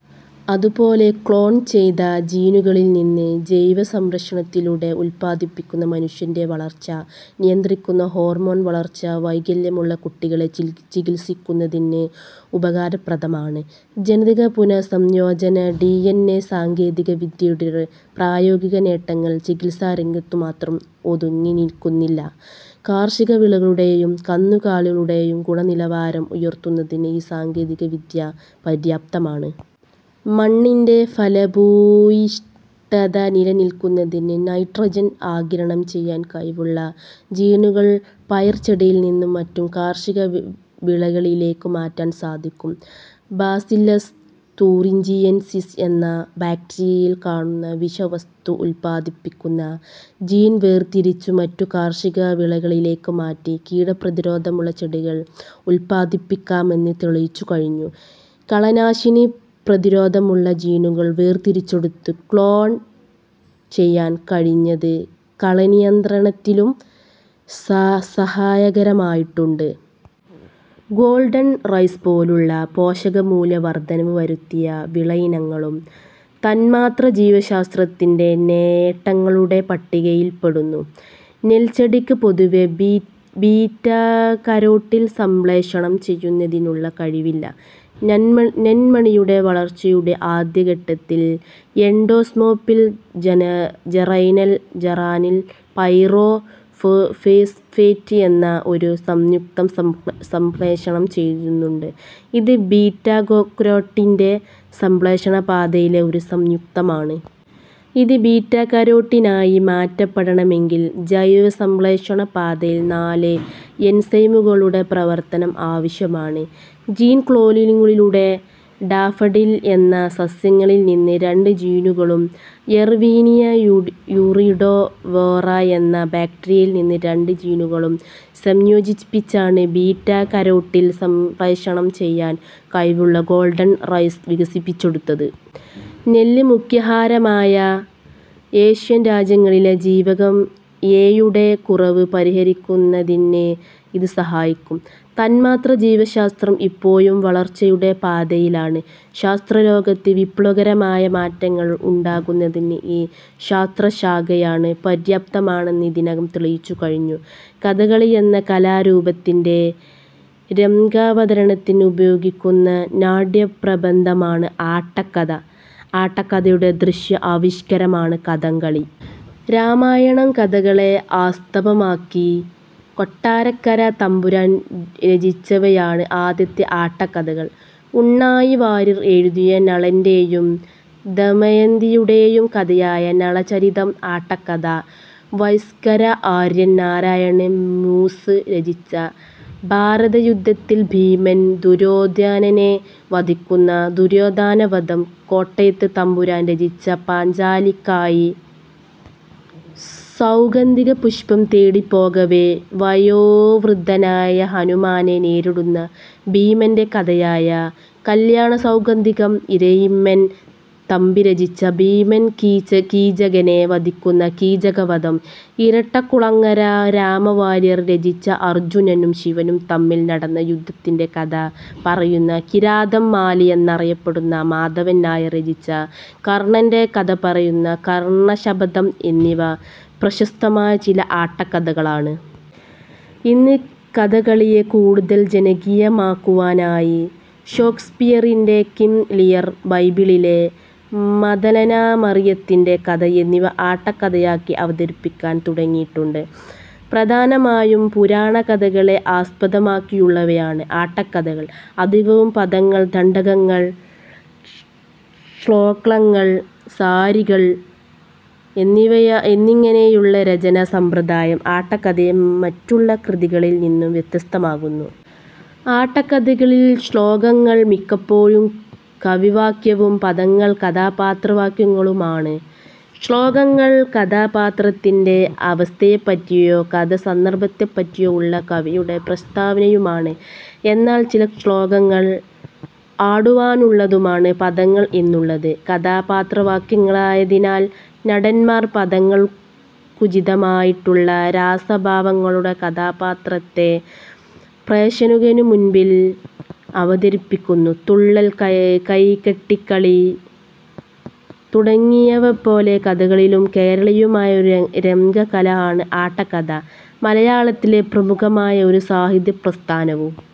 അതുപോലെ ക്ലോൺ ചെയ്ത ജീനുകളിൽ നിന്ന് ജൈവസംശ്ലേഷണത്തിലൂടെ ഉത്പാദിപ്പിക്കുന്ന മനുഷ്യന്റെ വളർച്ച നിയന്ത്രിക്കുന്ന ഹോർമോൺ, വളർച്ചാ വൈകല്യമുള്ള കുട്ടികളെ ചികിത്സിക്കുന്നതിന് ഉപകാരപ്രദമാണ്. ജനിതക പുനഃസംയോജന ഡിഎൻഎ സാങ്കേതികവിദ്യയുടെ പ്രായോഗിക നേട്ടങ്ങൾ ചികിത്സാരംഗത്തു മാത്രം ഒതുങ്ങി നിൽക്കുന്നില്ല. കാർഷികവിളകളുടേയും കന്നുകാലികളുടേയും ഗുണനിലവാരം ഉയർത്തുന്നതിന് ഈ സാങ്കേതികവിദ്യ പര്യാപ്തമാണ്. മണ്ണിന്റെ ഫലഭൂയിഷ്ഠത നിലനിർത്തുന്നതിന് നൈട്രജൻ ആഗിരണം ചെയ്യാൻ കഴിവുള്ള ജീനുകൾ പയർചെടിയിൽ നിന്ന് മറ്റു കാർഷിക വിളകളിലേക്കു മാറ്റാൻ സാധിക്കും. ബാസില്ലസ് തൂറിഞ്ചിയൻസിസ് എന്ന ബാക്ടീരിയയിൽ കാണുന്ന വിഷവസ്തു ഉത്പാദിപ്പിക്കുന്ന ജീൻ വേർതിരിച്ച് മറ്റു കാർഷികവിളകളിലേക്ക് മാറ്റി കീടപ്രതിരോധമുള്ള ചെടികൾ ഉത്പാദിക്കാമെന്ന് തെളിയിച്ചുകഴിഞ്ഞു. കളനാശിനി പ്രതിരോധമുള്ള ജീനുകൾ വേർതിരിച്ചെടുത്ത് ക്ളോൺ ചെയ്യാൻ കഴിഞ്ഞത് കളനിയന്ത്രണത്തിലും സഹായകരമായിട്ടുണ്ട്. ഗോൾഡൻ റൈസ് പോലുള്ള പോഷകമൂല്യ വർധനവ് വരു ത്തിയ വിളയിനങ്ങളും തന്മാത്രാജീവശാസ്ത്രത്തിന്റെ നേട്ടങ്ങളു ടെ പട്ടികയിൽപ്പെടുന്നു. നെൽച്ചെടികൾക്ക് പൊതുവേ ബീറ്റാക രോട്ടിൻ സംശ്ലേഷണം ചെയ്യുന്നതിനുള്ള കഴിവില്ല. നെന്മണിയുടെ വളർച്ചയുടെ ആദ്യഘട്ടത്തിൽ എൻഡോസ്പേമിൽ ജറൈനൽ ജറാനിൽ പൈറോ ഫോസ്ഫേറ്റ് എന്ന ഒരു സംയുക്തം സംശ്ലേഷണം ചെയ്യുന്നുണ്ട്. ഇത് ബീറ്റാകരോട്ടിന്റെ സംശ്ലേഷണപാത യിലെ ഒരു സംയുക്തമാണ്. ഇത് ബീറ്റാകരോട്ടിനായി മാറ്റപ്പെടണ മെങ്കിൽ ജൈവസംശ്ലേഷണ പാതയിൽ നാല് എൻസൈമുകളുടെ പ്രവർത്തനം ആവശ്യമാണ്. ജീൻ ക്ലോണിങ്ങിലൂടെ ഡാഫഡിൽ എന്ന സസ്യത്തിൽ നിന്ന് രണ്ട് ജീനുകളും എർവീനിയ യൂറിഡോ വോറ എന്ന ബാക്ടീരിയയിൽ നിന്ന് രണ്ട് ജീനുകളും സംയോജി പ്പിച്ചാണ് ബീറ്റാ കരോട്ടിൻ സംശ്ലേഷണം ചെയ്യാൻ കഴിവുള്ള ഗോൾഡൻ റൈസ് വികസിപ്പിച്ചെടുത്തത്. നെല്ല് മുഖ്യാഹാരമായ ഏഷ്യൻ രാജ്യങ്ങളിലെ ജീവകം എ-യുടെ കുറവ് പരിഹരിക്കുന്ന തിന് ഇത് സഹായിക്കും. തന്മാത്രാജീവശാസ്ത്രം ഇപ്പോഴും വളർച്ചയുടെ പാതയിലാണ്. ശാസ്ത്രലോകത്ത് വിപ്ലവകരമായ മാറ്റങ്ങൾ ഉണ്ടാക്കുന്നതിന് ഈ ശാസ്ത്രശാഖ പര്യാപ്തമാണെന്ന് ഇതിനകം തെളിയിച്ചുകഴിഞ്ഞു. കഥകളി എന്ന കലാരൂപത്തിന്റെ രംഗാവതരണത്തിന് ഉപയോഗിക്കുന്ന നാട്യപ്രബന്ധമാണ് ആട്ടക്കഥ. ആട്ടക്കഥയുടെ ദൃശ്യ ആവിഷ്കാരമാണ് കഥകളി. രാമായണം കഥകളെ ആസ്പദമാക്കി കൊട്ടാരക്കര തമ്പുരാൻ രചിച്ചവയാണ് ആദ്യത്തെ ആട്ടക്കഥകൾ. ഉണ്ണായി വാര്യർ എഴുതിയ നളന്റെയും ദമയന്തിയുടെയും കഥയായ നളചരിതം ആട്ടക്കഥ, വയ്സ്കര ആര്യൻ നാരായണൻ മൂസ്സ് രചിച്ച ഭാരതയുദ്ധത്തിൽ ഭീമൻ ദുര്യോധനനെ വധിക്കുന്ന ദുര്യോധനവധം, കോട്ടയത്ത് തമ്പുരാൻ രചിച്ചപാഞ്ചാലിക്കായി സൗഗന്ധികപുഷ്പം തേടി പോകവേ വയോവൃദ്ധനായ ഹനുമാനെ നേരിടുന്ന ഭീമന്റെ കഥയായ കല്യാണസൌഗന്ധികം, ഇരയിമ്മൻ തമ്പി രചിച്ച ഭീമൻ കീചകനെ വധിക്കുന്ന കീചകവധം, ഇരട്ടക്കുളങ്ങര രാമവാര്യർ രചിച്ചഅർജ്ജുനനും ശിവനും തമ്മിൽ നടന്ന യുദ്ധത്തിന്റെ കഥ പറയുന്ന കിരാതം, മാലി എന്നറിയപ്പെടുന്ന മാധവൻ നായർ രചിച്ച കർണ്ണന്റെ കഥപറയുന്ന കർണ്ണശപഥം എന്നിവ പ്രശസ്തമായ ചില ആട്ടക്കഥകളാണ്. ഇന്ന് കഥകളിയെ കൂടുതൽ ജനകീയമാക്കുവാനായി ഷേക്സ്പിയറിന്റെ കിംഗ് ലിയർ, ബൈബിളിലെ മഗ്ദലനാ മറിയത്തിന്റെ കഥ എന്നിവ ആട്ടക്കഥയാക്കി അവതരിപ്പിക്കാൻ തുടങ്ങിയിട്ടുണ്ട്. പ്രധാനമായും പുരാണ കഥകളെ ആസ്പദമാക്കിയുള്ളവയാണ് ആട്ടക്കഥകൾ അധികവും. പദങ്ങൾ, ദണ്ഡകങ്ങൾ, ശ്ലോകങ്ങൾ, സാരികൾ, എന്നിങ്ങനെയുള്ള രചനാ സമ്പ്രദായം ആട്ടക്കഥയെ മറ്റുള്ള കൃതികളിൽ നിന്നും വ്യത്യസ്തമാക്കുന്നു. ആട്ടക്കഥകളിൽ ശ്ലോകങ്ങൾ മിക്കപ്പോഴും കവിവാക്യവും പദങ്ങൾ കഥാപാത്രവാക്യങ്ങളുമാണ്. ശ്ലോകങ്ങൾ കഥാപാത്രത്തിന്റെ അവസ്ഥയെപ്പറ്റിയോ കഥാ സന്ദർഭത്തെപ്പറ്റിയോ ഉള്ള കവിയുടെ പ്രസ്താവനയുമാണ്. എന്നാൽ ചില ശ്ലോകങ്ങൾ ആടുവാനുള്ളതുമാണ്. പദങ്ങൾ എന്നുള്ളത് കഥാപാത്രവാക്യങ്ങളായതിനാൽ നടന്മാർ പദങ്ങൾക്കനുചിതമായിട്ടുള്ള രസഭാവങ്ങളോടെ കഥാപാത്രത്തെ പ്രേഷകനു മുൻപിൽ അവതരിപ്പിക്കുന്നു. തുള്ളൽ, കൈകൊട്ടിക്കളി തുടങ്ങിയവയെപ്പോലെ കഥകളിയും കേരളീയമായ ഒരു രംഗകല ആണ്; ആട്ടക്കഥ മലയാളത്തിലെ പ്രമുഖമായ ഒരു സാഹിത്യപ്രസ്ഥാനവും.